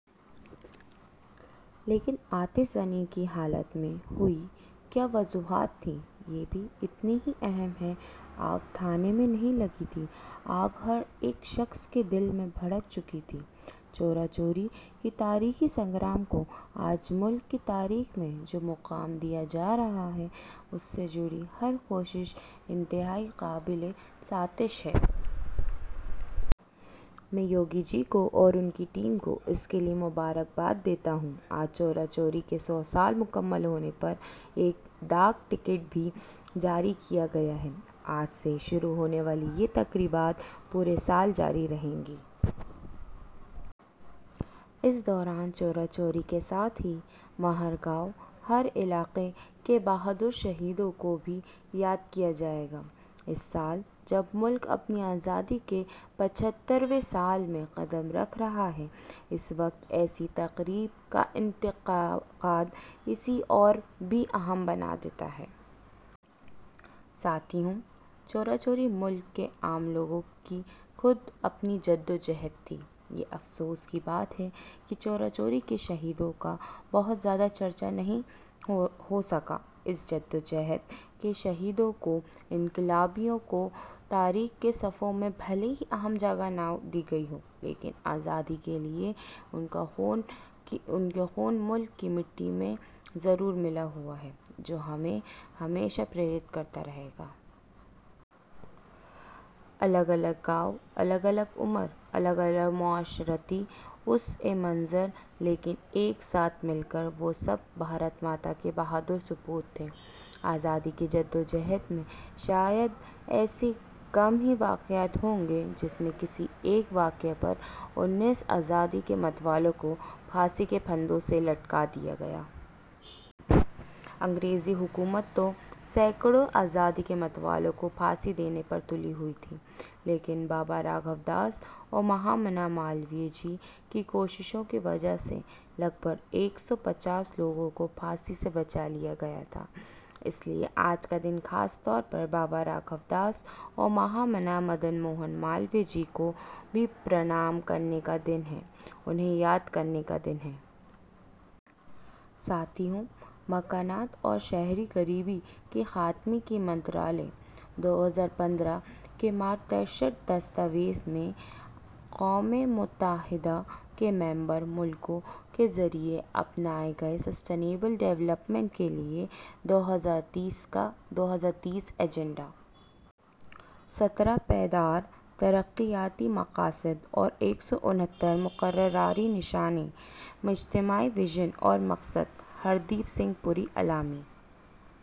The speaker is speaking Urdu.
لیکن آتش زنی کی حالت میں ہوئی، کیا وجوہات تھیں، یہ بھی اتنا ہی اہم ہے۔ آگ تھانے میں نہیں لگی تھی، آگ ہر ایک شخص کے دل میں بھڑک چکی تھی۔ چوری چورا کے تاریخی سنگرام کو آج ملک کی تاریخ میں جو مقام دیا جا رہا ہے، اس سے جڑی ہر کوشش انتہائی قابلِ ستائش ہے۔ میں یوگی جی اور ان کی پوری ٹیم کو اس کے لیے مبارکباد دیتا ہوں۔ آج چوری چورا کے سو سال مکمل ہونے پر ایک ڈاک ٹکٹ بھی جاری کیا گیا ہے۔ آج سے شروع ہونے والی یہ تقریبات پورے سال جاری رہیں گی۔ اس دوران چوری چورا کے ساتھ ہی مہر گاؤں، ہر علاقے کے بہادر شہیدوں کو بھی یاد کیا جائے گا۔ اس سال جب ملک اپنی آزادی کے پچھتر ویں سال میں قدم رکھ رہا ہے، اس وقت ایسی تقریب کا انعقاد اسے اور بھی اہم بنا دیتا ہے۔ ساتھیو! چوری چورا ملک کے عام لوگوں کی خود اپنی جدوجہد تھی۔ یہ افسوس کی بات ہے کہ چوری چورا کے شہیدوں کا بہت زیادہ چرچا نہیں ہو سکا۔ اس جدوجہد کے شہیدوں کو، انقلابیوں کو تاریخ کے صفحات میں بھلے ہی اہم جگہ نہ دی گئی ہو، لیکن آزادی کے لیے ان کا خون ملک کی مٹی میں ضروری ملا ہوا ہے، جو ہمیں ہمیشہ تحریک دیتا رہتا ہے۔ الگ الگ گاؤں، الگ الگ عمر، الگ الگ معاشرتی پس منظر، لیکن ایک ساتھ مل کر وہ سب بھارت ماتا کے بہادر سپوت تھے۔ آزادی کی جدوجہد میں شاید ایسے کم ہی واقعات ہوں گے، جس میں کسی ایک واقعے پر انیس آزادی کے متوالوں کو پھانسی کے پھندے سے لٹکا دیا گیا۔ انگریزی حکومت تو سیکڑوں آزادی کے متوالوں کو پھانسی دینے پر تلی ہوئی تھی۔ لیکن بابا راگھوداس اور مہامنا مالویہ جی کی کوششوں کی وجہ سے تقریباً ایک سو پچاس لوگوں کو پھانسی سے بچا لیا گیا تھا، اس لیے آج کا دن خاص طور سے بابا راگھوداس اور مہامنا مدن موہن مالویہ کو بھی پرنام کرنے کا دن ہے، انہیں یاد کرنے کا دن ہے۔ ساتھیو! مکانات اور شہری غریبی کے خاتمے کی وزارت، دو ہزار پندرہ کے رہنما دستاویز میں اقوام متحدہ کے رکن ممالک کے ذریعہ اپنائے گئے پائیدار ترقی کے لیے دو ہزار تیس ایجنڈے، سترہ پائیدار ترقیاتی مقاصد اور ایک سو انہتر مقررہ نشانے، اجتماعی وژن اور مقصد: ہردیپ سنگھ پوری عالمی